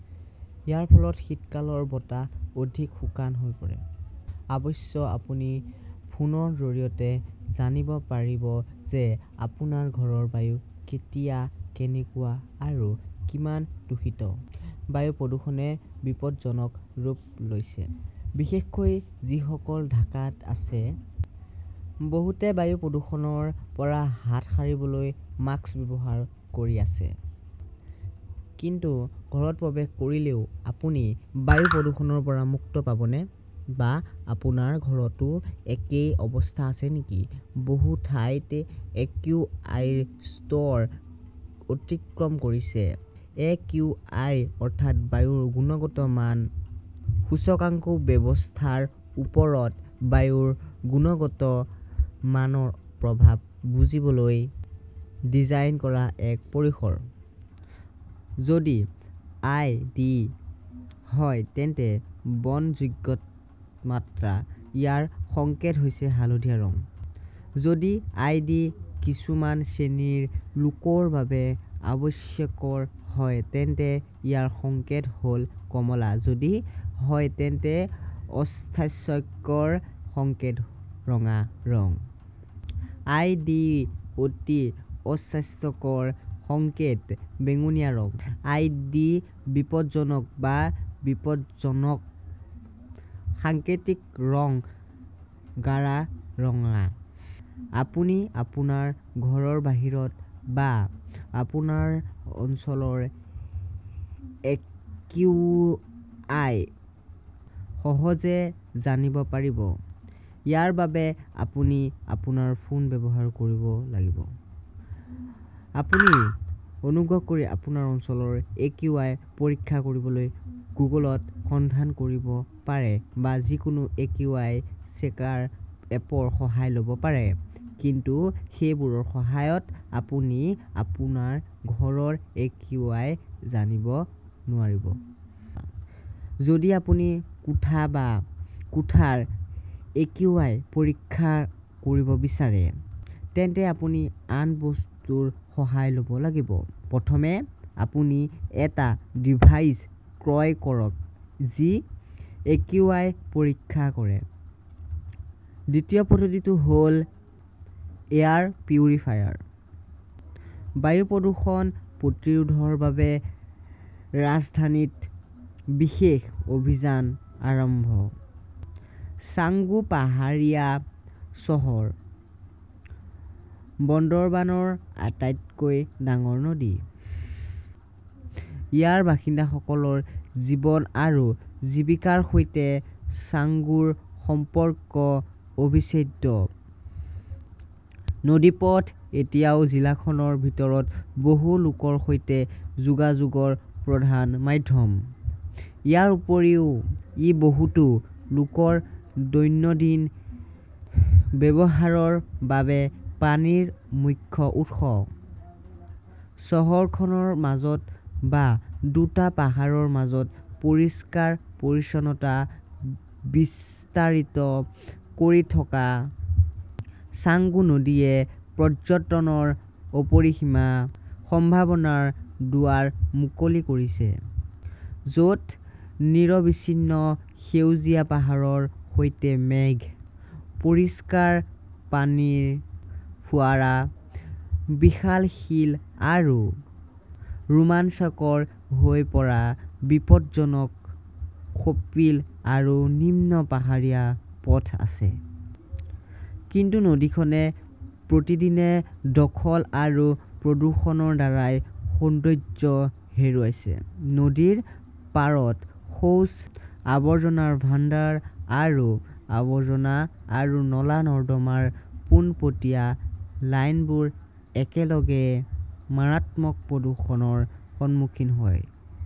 ইয়াৰ ফলত শীতকালৰ বতাহ অধিক শুকান হৈ পৰে। অৱশ্যে, আপুনি ফোনৰ জৰিয়তে জানিব পাৰিব যে আপোনাৰ ঘৰৰ বায়ু কেতিয়া কেনেকুৱা আৰু কিমান দূষিত। বায়ু প্ৰদূষণে বিপদজনক ৰূপ লৈছে। বিশেষকৈ যিসকল ঢাকাত আছে। বহুতে বায়ু প্ৰদূষণৰ পৰা হাত সাৰিবলৈ মাস্ক ব্যৱহাৰ কৰি আছে। কিন্তু ঘৰত প্ৰৱেশ কৰিলেও আপুনি বায়ু প্ৰদূষণৰ পৰা মুক্তি পাবনে? বা আপোনাৰ ঘৰতো একেই অৱস্থা আছে নেকি? বহু ঠাইত একিউআইৰ স্তৰ অতিক্ৰম কৰিছে। এ. কিউ. আই. অৰ্থাৎ বায়ুৰ গুণগত মান সূচকাংকো স্বাস্থ্যৰ ওপৰত বায়ুৰ গুণগত মানৰ প্ৰভাৱ বুজিবলৈ ডিজাইন কৰা এক পৰিসৰ। যদি আই. ডি. হয় তেন্তে বহনযোগ্য মাত্ৰা। ইয়াৰ সংকেত হৈছে হালধীয়া ৰং। যদি আই. ডি. কিছুমান শ্ৰেণীৰ লোকৰ বাবে অস্বাস্থ্যকৰ হয়, তেন্তে ইয়াৰ সংকেত হ 'ল কমলা। যদি হয় তেন্তে অস্বাস্থ্যকৰ, সংকেত ৰঙা ৰং। আই. ডি. অতি অস্বাস্থ্যকৰ, সংকেত বেঙুনীয়া ৰং। আই. ডি. বিপদজনক বা বিপদজনক, সাংকেতিক ৰং গাঢ় ৰঙা। আপুনি আপোনাৰ ঘৰৰ বাহিৰত বা আপোনাৰ অঞ্চলৰ একিউআই সহজে জানিব পাৰিব। ইয়াৰ বাবে আপুনি আপোনাৰ ফোন ব্যৱহাৰ কৰিব লাগিব। আপুনি অনুগ্ৰহ কৰি আপোনাৰ অঞ্চলৰ এ. কিউ. আই. পৰীক্ষা কৰিবলৈ গুগলত সন্ধান কৰিব পাৰে বা যিকোনো এ. কিউ. আই. চেকাৰ এপৰ সহায় ল 'ব পাৰে। কিন্তু সেইবোৰৰ সহায়ত আপুনি আপোনাৰ ঘৰৰ একিউআই জানিব নোৱাৰিব। যদি আপুনি কোঠা বা কোঠাৰ একিউআই পৰীক্ষা কৰিব বিচাৰে, তেন্তে আপুনি আন বস্তুৰ সহায় ল 'ব লাগিব। প্ৰথমে আপুনি এটা ডিভাইচ ক্ৰয় কৰক যি একিউআই পৰীক্ষা কৰে। দ্বিতীয় পদ্ধতিটো হ'ল এয়াৰ পিউৰিফায়াৰ। বায়ু প্ৰদূষণ প্ৰতিৰোধৰ বাবে ৰাজধানীত বিশেষ অভিযান আৰম্ভ ছাংগু পাহাৰীয়া চহৰ বন্দৰবানৰ আটাইতকৈ ডাঙৰ নদী। ইয়াৰ বাসিন্দাসকলৰ জীৱন আৰু জীৱিকাৰ সৈতে ছাংগুৰ সম্পৰ্ক অবিচ্ছেদ্য। নদীপথ এতিয়াও জিলাখনৰ ভিতৰত বহু লোকৰ সৈতে যোগাযোগৰ প্ৰধান মাধ্যম। ইয়াৰ উপৰিও ই বহুতো লোকৰ দৈনন্দিন ব্যৱহাৰৰ বাবে পানীৰ মুখ্য উৎস। চহৰখনৰ মাজত বা দুটা পাহাৰৰ মাজত পৰিষ্কাৰ-পৰিচ্ছন্নতা বিস্তাৰিত কৰি থকা ছাংগু নদীয়ে পৰ্যটনৰ অপৰিসীম সম্ভাৱনাৰ দুৱাৰ মুকলি কৰিছে, য 'ত নিৰবিচ্ছিন্ন সেউজীয়া পাহাৰৰ সৈতে মেঘ, পৰিষ্কাৰ পানীৰ ফোঁৱাৰা, বিশাল শিল আৰু ৰোমাঞ্চকৰ হৈ পৰা বিপদজনক সৰ্পিল আৰু নিম্ন পাহাৰীয়া পথ আছে। কিন্তু নদীখনে প্ৰতিদিনে দখল আৰু প্ৰদূষণৰ দ্বাৰা সৌন্দৰ্য হেৰুৱাইছে। নদীৰ পাৰত শৌচ, আৱৰ্জনাৰ ভাণ্ডাৰ আৰু আৱৰ্জনা আৰু নলা-নৰ্দমাৰ পোনপটীয়া লাইনবোৰ একেলগে মাৰাত্মক প্ৰদূষণৰ সন্মুখীন হয়।